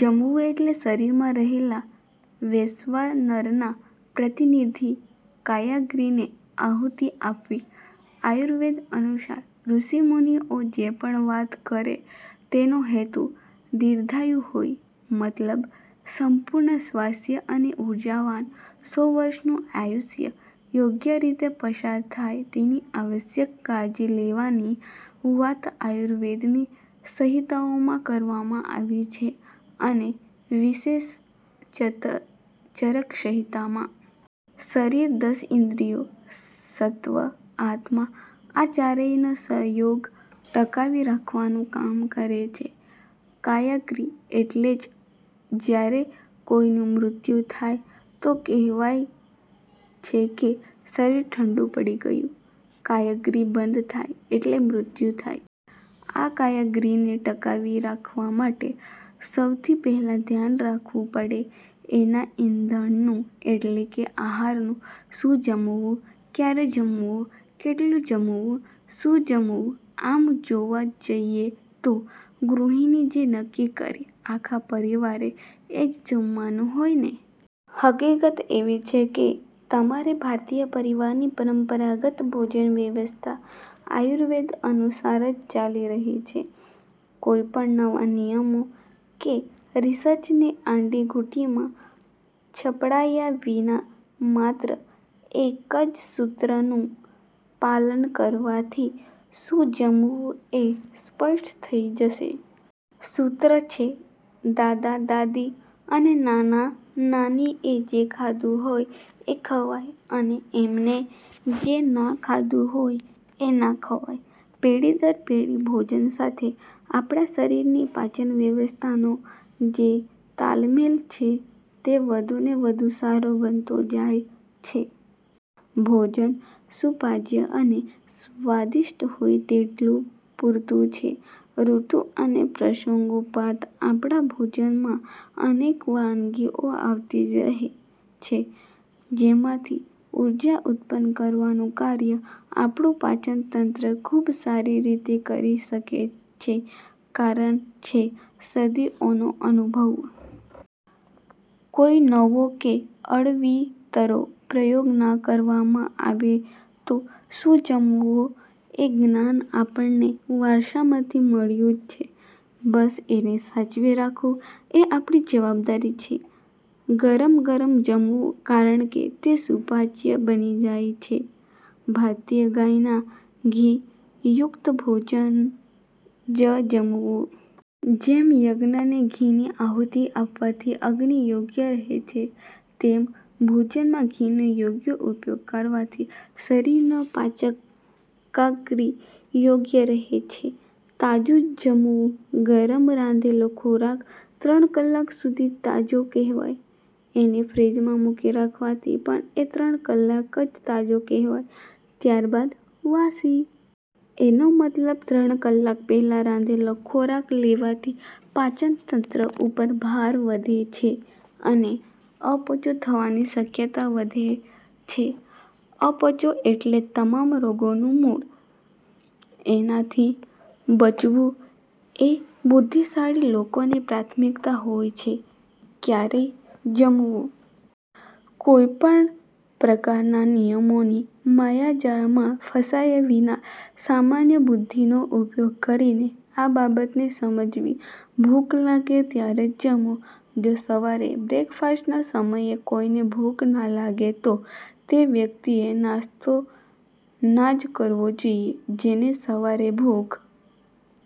જમવું એટલે શરીરમાં રહેલા વૈશ્વાનરના પ્રતિનિધિ કાયાગ્નિને આહુતિ આપવી. આયુર્વેદ અનુસાર ઋષિમુનિઓ જે પણ વાત કરે તેનો હેતુ દીર્ઘાયુ હોય. મતલબ, સંપૂર્ણ સ્વસ્થ અને ઉર્જાવાન સો વર્ષનું આયુષ્ય યોગ્ય રીતે પસાર થાય તેની આવશ્યક કાળજી લેવાની વાત આયુર્વેદની સંહિતાઓમાં કરવામાં આવી છે અને વિશેષતઃ ચરકસંહિતામાં. શરીર દસ ઇન્દ્રિયો, સત્વ, આત્મા – આ ચારેયનો સંયોગ ટકાવી રાખવાનું કામ કરે છે કાયાગ્નિ. એટલે જ જ્યારે કોઈનું મૃત્યુ થાય તો કહેવાય છે કે "શરીર ઠંડુ પડી ગયું". કાયાગ્નિ બંધ થાય એટલે મૃત્યુ થાય. આ કાયાગ્નિને ટકાવી રાખવા માટે સૌથી પહેલાં ધ્યાન રાખવું પડે તેના ઇંધણનું – એટલે કે આહારનું. શું જમવું? ક્યારે જમવું? કેટલું જમવું? શું જમવું – આમ જોવા જઈએ તો ગૃહિણી જે નક્કી કરે, આખા પરિવારે એ જ જમવાનું હોયને! હકીકત એવી છે કે તમામ ભારતીય પરિવારની પરંપરાગત ભોજનવ્યવસ્થા આયુર્વેદ અનુસાર જ ચાલી રહી છે. કોઈ પણ નવા નિયમો કે રિસર્ચની આંટીઘૂંટીમાં સપડાયા વિના માત્ર એક જ સૂત્રનું પાલન કરવાથી શું જમવું એ સ્પષ્ટ થઈ જશે. સૂત્ર છે: દાદા-દાદી અને નાના-નાનીએ જે ખાધું હોય એ ખવાય અને એમણે જે ના ખાધું હોય તે ના ખવાય. પેઢી દર પેઢી ભોજન સાથે આપણા શરીરની પાચન વ્યવસ્થાનો જે તાલમેલ છે તે વધુને વધુ સારો બનતો જાય છે. ભોજન સુપાચ્ય અને સ્વાદિષ્ટ હોય તેટલું પૂરતું છે. ઋતુ અને પ્રસંગોપાત આપણા ભોજનમાં અનેક વાનગીઓ આવતી જ રહે છે. જેમાંથી ઉર્જા ઉત્પન્ન કરવાનું કાર્ય આપણું પાચનતંત્ર ખૂબ સારી રીતે કરી શકે છે, કારણ છે સદીઓનો અનુભવ. કોઈ નવો કે અળવીતરો પ્રયોગ ના કરવામાં આવે તો શું જમવું એ જ્ઞાન આપણને વારસામાં મળ્યું જ છે, બસ એને સાચવી રાખવું એ આપણી જવાબદારી છે. ગરમગરમજમવું, કારણકે તે સુપાચ્ય બની જાય છે. ભારતીય ગાયના ઘી યુક્ત ભોજન જ જમવું. જેમ યજ્ઞને ઘીની આહુતી આપવાથી અગ્નિ યોગ્ય રહે છે, તેમજ ભોજનમાં ઘીનો યોગ્ય ઉપયોગ કરવાથી શરીરનો પાચકાગ્નિ યોગ્ય રહે છે. તાજું જ જમવું. ગરમ રાંધેલો ખોરાક ત્રણ કલાક સુધી તાજો કહેવાય. એને ફ્રીઝમાં મૂકી રાખવાથી પણ એ ત્રણ કલાક જ તાજો કહેવાય, ત્યારબાદ વાસી. એનો મતલબ, ત્રણ કલાક પહેલાં રાંધેલો ખોરાક લેવાથી પાચનતંત્ર ઉપર ભાર વધે છે અને અપચો થવાની શક્યતા વધે છે. અપચો એટલે તમામ રોગોનું મૂળ. તેનાથી બચવું એ બુદ્ધિશાળી લોકોની પ્રાથમિકતા હોય છે. ક્યારે જમવું? કોઈ પણ પ્રકારના નિયમોની માયાજાળમાં ફસાયા વિના, સામાન્ય બુદ્ધિનો ઉપયોગ કરીને આ બાબતને સમજવી. "ભૂખ લાગે ત્યારે જ જમવું". જો સવારે બ્રેકફાસ્ટના સમયે કોઈને ભૂખ ના લાગે તો તેવ્યક્તિએ નાસ્તો ના જ કરવો જોઈએ. જેને સવારે ભૂખ